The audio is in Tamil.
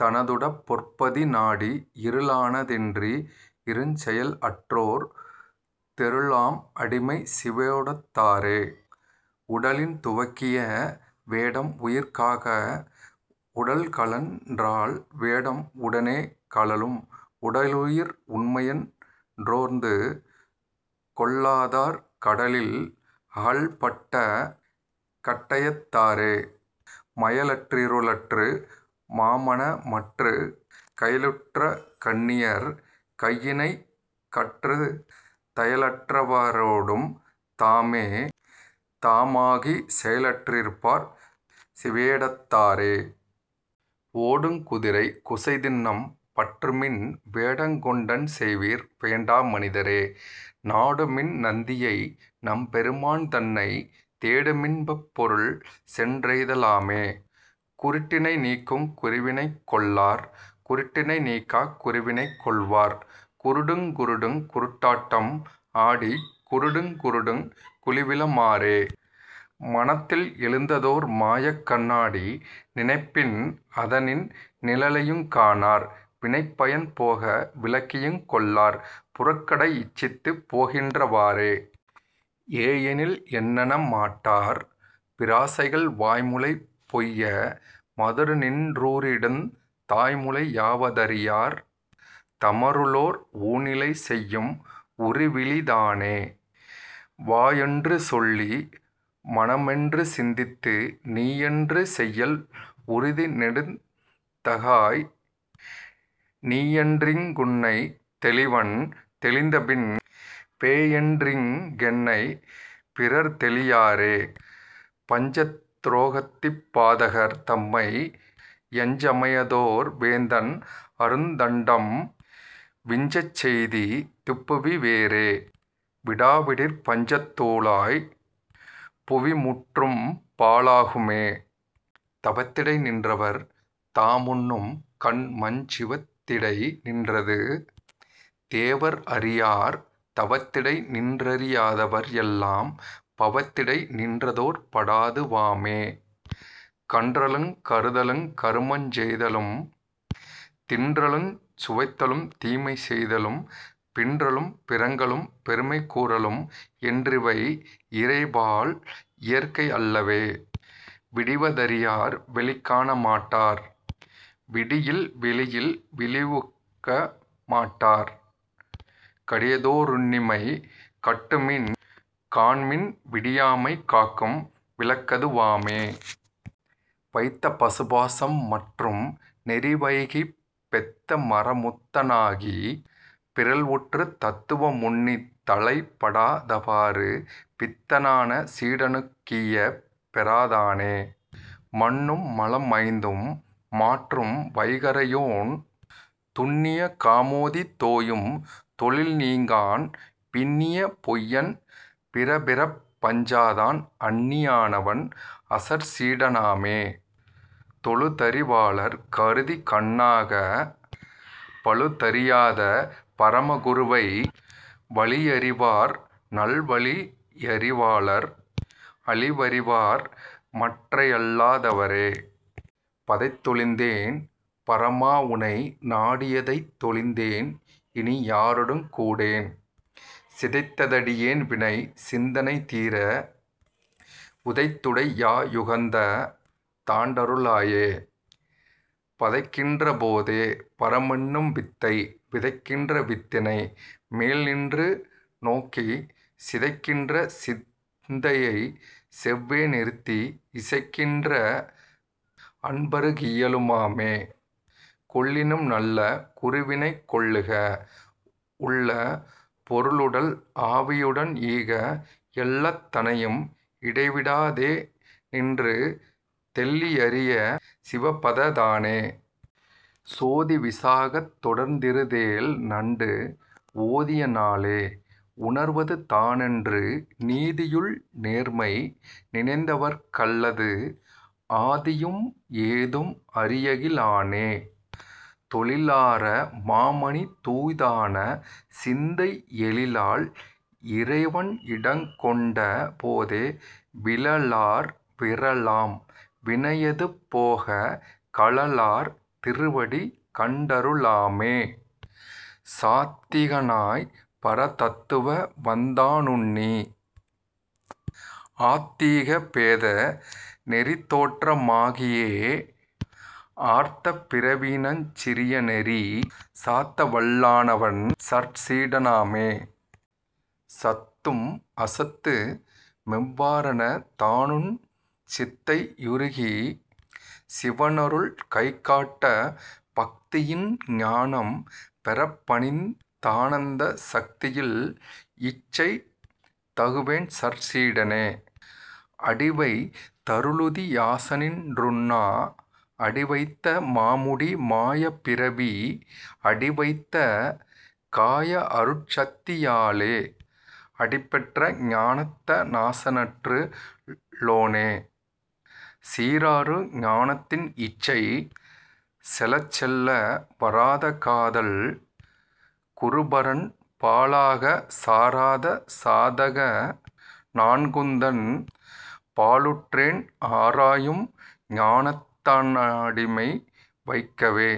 தனதுடற் பொற்பதி நாடி இருளான தின்றி யிருஞ்செயல் அற்றோர் தெருளாம் அடிமைச் சிவவேடத் தாரே. உடலில் துவக்கிய வேடம் உயிர்க்காகா உடல்கழன் றால்வேடம் உடனே கழலும் உடலுயிர் உண்மையென் றோர்ந்துகொள்ளாதார் கடலில் அகல்பட்ட கட்டையத் தாரே. மயலற் றிருளற்று மாமன மற்றுக் கயலுற்ற கண்ணியர் கையிணைக் கற்றுத் தயலற் றவரோடும் தாமே தாமாகிச் செயலற் றிருப்பார் சிவவேடத் தாரே. ஒடுங் குதிரைக் குசைதிண்ணம் பற்றுமின் வேடங்கொண் டென்செய்வீர் வேண்டாமனிதரே நாடுமின் நந்தியை நம்பெரு மான்தன்னைத் தேடுமின் பப்பொருள் சென்றெய்த லாமே. குருட்டினை நீக்குங் குருவினைக் கொள்ளார் குருட்டினை நீக்காக் குருவினைக் கொள்வார் குருடுங் குருடுங் குருட்டாட்டம் ஆடிக் குருடுங் குருடுங் குழிவிழு மாறே. மனத்தில் எழுந்ததோர் மாயக்கண் ணாடி நினைப்பின் அதனின் நிழலையுங் காணார் வினைப்பயன் போக விளக்கியுங் கொள்ளார் புறக்கடை இச்சித்துப் போகின்ற வாறே. ஏயெனில் என்னென மாட்டார் பிராசைகள் வாய்முலை பொய்ய மதுரநின் றூறிடுந் தாய்முலை யாவ தறியார் தமருளோர் ஊனிலை செய்யும் உருவிலி தானே. வாயென்று சொல்லி மனமென்று சிந்தித்து நீயொன்று செய்யல் உறுதி நெடுந்தகாய் நீயென்றிங் குன்னைத் தெளிவன் தெளிந்தபின் பேயென்றிங் கென்னைப் பிறர்தெளி யாரே. பஞ்சத் துரோகத்திப் பாதகர் தம்மை யஞ்சச் சமயத்தோர் வேந்தன் அருந்தண்டம் விஞ்சச்செய் திப்புவி வேறே விடாவிடிற் பஞ்சத்து ளாய்புவி முற்றும்பா ழாகுமே. தவத்திடை நின்றவர் தாமுண்ணும் கன்மஞ் சிவத்திடை நின்றது தேவர் அறியார் தவத்திடை நின்றறி யாதவர் எல்லாம் பவத்திடை நின்றதோர் பாடது வாமே. கன்றலுங் கருதலுங் கருமஞ் செய்தலும் தின்றலுஞ் சுவைத்தலுந் தீமைசெய்தலும் பின்றலும் பிறங்கலும் பெருமை கூறலும் என்றிவை இறைபால் இயற்கை அல்லவே. விடிவ தறியார் வெளிகாண மாட்டார் விடியில் வெளியில் விழிக்கவு மாட்டார் கடியதோ ருண்ணிமை கட்டுமின் காண்மின் விடியாமை காக்கும் விளக்கது வாமே. வைத்த பசுபாசம் மற்றும் நெறிவைகிப் பெத்த மறமுத்த னாகிப் பிறழ்வுற்றுத் தத்துவ முன்னித் தலைப்படா தவ்வாறு பித்தான சீடனுக் கீயப் பெறாதானே. மன்னும் மலம்ஐந்தும் மாற்றும் வகையோன் துன்னிய காமோதி தோயும் தொழில்நீங்கான் பின்னிய பொய்யன் பிறப்பிறப் பஞ்சாதான் அன்னிய னாவன் அசற்சீட னாமே. தொழுதறி வாளர் கருதிகண் ணாகப் பழுதறியாத பரம குருவை வழியறி வார்நல் வழியறி வாளர் அழிவறி வார்மற்றை யல்லா தவரே. பதைதொழிந் தேன்பர மாவுனை நாடி யதைத்தொழிந் தேன்இனி யாரொடுங் கூடேன் சிதைத்தடி யேன்வினை சிந்தனை தீர உதைத்துடை யாயுகந் தாண்டரு ளாயே. பதைக்கின்ற போதே பரமென்னும் வித்தை விதைக்கின்ற வித்தினை மேல்நின்று நோக்கிச் சிதைக்கின்ற சிந்தையைச் செவ்வே நிறுத்தி இசைக்கின்ற அன்பருக் கீயலு மாமே. கொள்ளினும் நல்ல குருவினைக் கொள்ளுக உள்ள பொருளுடல் ஆவி யுடன்ஈக எள்ளத் தனையும் இடைவிடா தேநின்று தெள்ளி யறியச் சிவபதந் தானே. சோதி விசாகந் தொடர்ந்திரு தேள்நண்டு ஓதிய நாளே உணர்வது தானென்று நீதியுள் நேர்மை நினைந்தவர்க் கல்லது ஆதியும் ஏதும் அறியகி லானே. தொழிலார மாமணித் தூய்தான சிந்தை எழிலால் இறைவன் இடங்கொண்ட போதே விழலார் விறலாம் வினையது போகக் கழலார் திருவடி கண்டரு ளாமே. சாத்திக னாய்ப்பர தத்துவவந் தானுன்னி ஆத்திக பேத நெறிதோற்ற மாகியே ஆர்த்த பிறவியி னஞ்சி யறநெறி சாத்தவல் லானவன் சற்சீட னாமே. சத்தும் அசத்துமெவ் வாறெனத் தானுன்னிச் சித்தை யுருக்கிக் சிவனருள் கைகாட்டப் பத்தியின் ஞானம் பெறப்பணிந் தானந்தச் சத்தியில் இச்சை தகுவோன்சற் சீடனே. அடிவைத் தருளுதி யாசானின் றுன்னா அடிவைத்த மாமுடி மாயப் பிறவி அடிவைத்த காய அருட்சத்தி யாலே அடிபெற்ற ஞானத்த னாசற்று ளோனே. சீராரு ஞானத்தின் இச்சை செலச்செல்ல வாராத காதல் குருபரன் பாலாகச் சாராத சாதக நான்குந்தன் பாலுற்றேன் ஆராயும் ஞானத்த னாமடி வைக்கவே.